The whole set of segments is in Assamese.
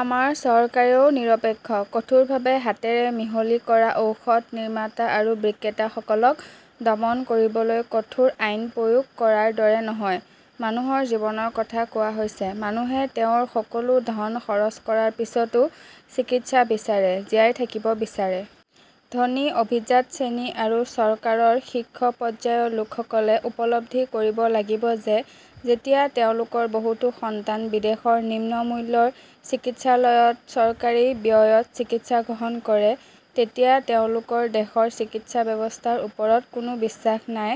আমাৰ চৰকাৰেও নিৰপেক্ষ, কঠোৰভাৱে হাতেৰে মিহলি কৰা ঔষধ নিৰ্মাতা আৰু বিক্ৰেতাসকলক দমন কৰিবলৈ কঠোৰ আইন প্ৰয়োগ কৰাৰ দৰে নহয়। মানুহৰ জীৱনৰ কথা কোৱা হৈছে, মানুহে তেওঁৰ সকলো ধন খৰচ কৰাৰ পিছতো চিকিৎসা বিচাৰে, জীয়াই থাকিব বিচাৰে। ধনী অভিজাত শ্ৰেণী আৰু চৰকাৰৰ শীৰ্ষ পৰ্যায়ৰ লোকসকলে উপলব্ধি কৰিব লাগিব যে, যেতিয়া তেওঁলোকৰ বহুতো সন্তান বিদেশৰ নিম্ন মূল্যৰ চিকিৎসালয়ত চৰকাৰী ব্যয়ত চিকিৎসা গ্ৰহণ কৰে, তেতিয়া তেওঁলোকৰ দেশৰ চিকিৎসা ব্যৱস্থাৰ ওপৰত কোনো বিশ্বাস নাই,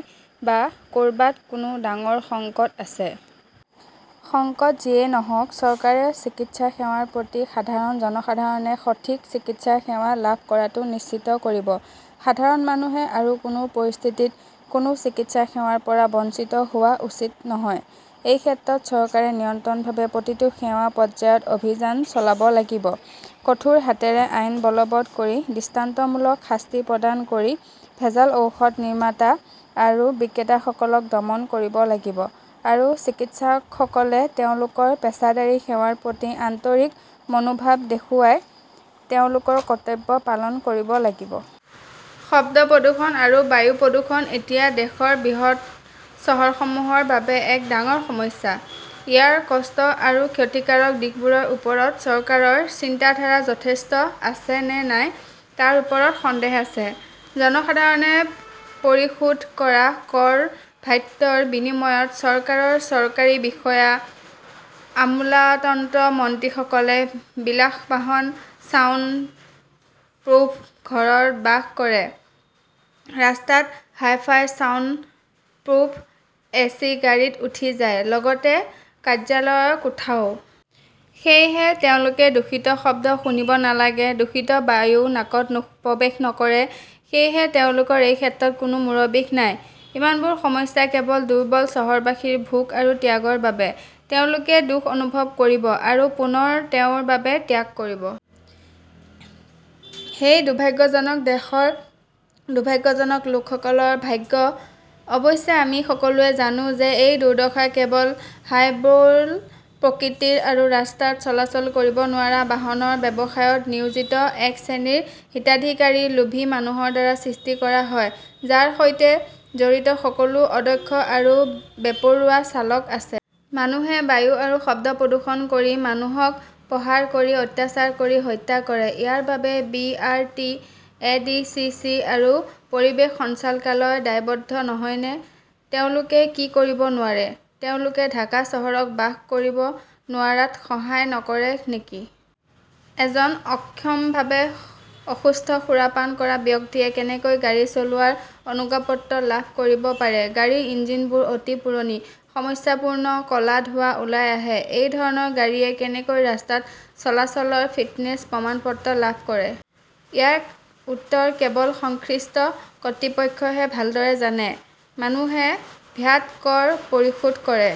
বা ক'ৰবাত কোনো ডাঙৰ সংকট আছে। সংকট যিয়েই নহওঁক, চৰকাৰে চিকিৎসা সেৱাৰ প্ৰাৰ্থী সাধাৰণ জনসাধাৰণে সঠিক চিকিৎসা সেৱা লাভ কৰাটো নিশ্চিত কৰিব। সাধাৰণ মানুহে আৰু কোনো পৰিস্থিতিত কোনো চিকিৎসা সেৱাৰ পৰা বঞ্চিত হোৱা উচিত নহয়। এই ক্ষেত্ৰত চৰকাৰে নিৰন্তৰভাৱে প্ৰতিটো সেৱা পৰ্যায়ত অভিযান চলাব লাগিব, কঠোৰ হাতেৰে আইন বলৱৎ কৰি দৃষ্টান্তমূলক শাস্তি প্ৰদান কৰি ভেজাল ঔষধ নিৰ্মাতা আৰু বিক্ৰেতাসকলক দমন কৰিব লাগিব, আৰু চিকিৎসকসকলে তেওঁলোকৰ পেছাদাৰী সেৱাৰ প্ৰতি আন্তৰিক মনোভাৱ দেখুৱাই তেওঁলোকৰ কৰ্তব্য পালন কৰিব লাগিব। শব্দ প্ৰদূষণ আৰু বায়ু প্ৰদূষণ এতিয়া দেশৰ বৃহৎ চহৰসমূহৰ বাবে এক ডাঙৰ সমস্যা। ইয়াৰ কষ্ট আৰু ক্ষতিকাৰক দিশবোৰৰ ওপৰত চৰকাৰৰ চিন্তাধাৰা যথেষ্ট আছে নে নাই তাৰ ওপৰত সন্দেহ আছে। জনসাধাৰণে পৰিশোধ কৰা কৰ ভ্যাটৰ বিনিময়ত চৰকাৰৰ চৰকাৰী বিষয়া, আমোলাতন্ত্ৰ মন্ত্ৰীসকলে বিলাসবাহন ছাউণ্ড প্ৰুফ ঘৰত বাস কৰে, ৰাস্তাত হাইফাই ছাউণ্ড প্ৰুফ এচি গাড়ীত উঠি যায়, লগতে কাৰ্যালয়ৰ কোঠাও। সেয়েহে, তেওঁলোকে দূষিত শব্দ শুনিব নালাগে, দূষিত বায়ু নাকত প্ৰৱেশ নকৰে। সেয়েহে, তেওঁলোকৰ এই ক্ষেত্ৰত কোনো মূৰৰ বিষ নাই। ইমানবোৰ সমস্যা কেৱল দুৰ্বল চহৰবাসীৰ ভোগ আৰু ত্যাগৰ বাবে। তেওঁলোকে দুখ অনুভৱ কৰিব, আৰু পুনৰ তেওঁৰ বাবে ত্যাগ কৰিব। হে দুৰ্ভাগ্যজনক দেশৰ দুৰ্ভাগ্যজনক লোকসকলৰ ভাগ্য! অৱশ্যে, আমি সকলোৱে জানো যে এই দুৰ্দশা কেৱল হাইব্ৰল প্ৰকৃতিৰ আৰু ৰাস্তাত চলাচল কৰিব নোৱাৰা বাহনৰ ব্যৱসায়ত নিয়োজিত এক শ্ৰেণীৰ হিতাধিকাৰী লোভী মানুহৰ দ্বাৰা সৃষ্টি কৰা হয়, যাৰ সৈতে জড়িত সকলো অদক্ষ আৰু বেপৰোৱা চালক আছে। মানুহে বায়ু আৰু শব্দ প্ৰদূষণ কৰি মানুহক প্ৰহাৰ কৰি অত্যাচাৰ কৰি হত্যা কৰে। ইয়াৰ বাবে B. R. T. A. D. C. C. আৰু পৰিৱেশ সঞ্চালকালয় দায়বদ্ধ নহয়নে? তেওঁলোকে কি কৰিব নোৱাৰে? তেওঁলোকে ঢাকা চহৰক বাস কৰিব নোৱাৰাত সহায় নকৰে নেকি? এজন অক্ষমভাৱে অসুস্থ সুৰাপান কৰা ব্যক্তিয়ে কেনেকৈ গাড়ী চলোৱাৰ অনুজ্ঞাপত্ৰ লাভ কৰিব পাৰে? গাড়ীৰ ইঞ্জিনবোৰ অতি পুৰণি, সমস্যাপূৰ্ণ, ক 'লা ধোঁৱা ওলাই আহে, এই ধৰণৰ গাড়ীয়ে কেনেকৈ ৰাস্তাত চলাচলৰ ফিটনেছ প্ৰমাণপত্ৰ লাভ কৰে? ইয়াৰ উত্তৰ কেৱল সংশ্লিষ্ট কৰ্তৃপক্ষইহে ভালদৰে জানে। মানুহে ভ্যাট-কৰ পৰিশোধ কৰে।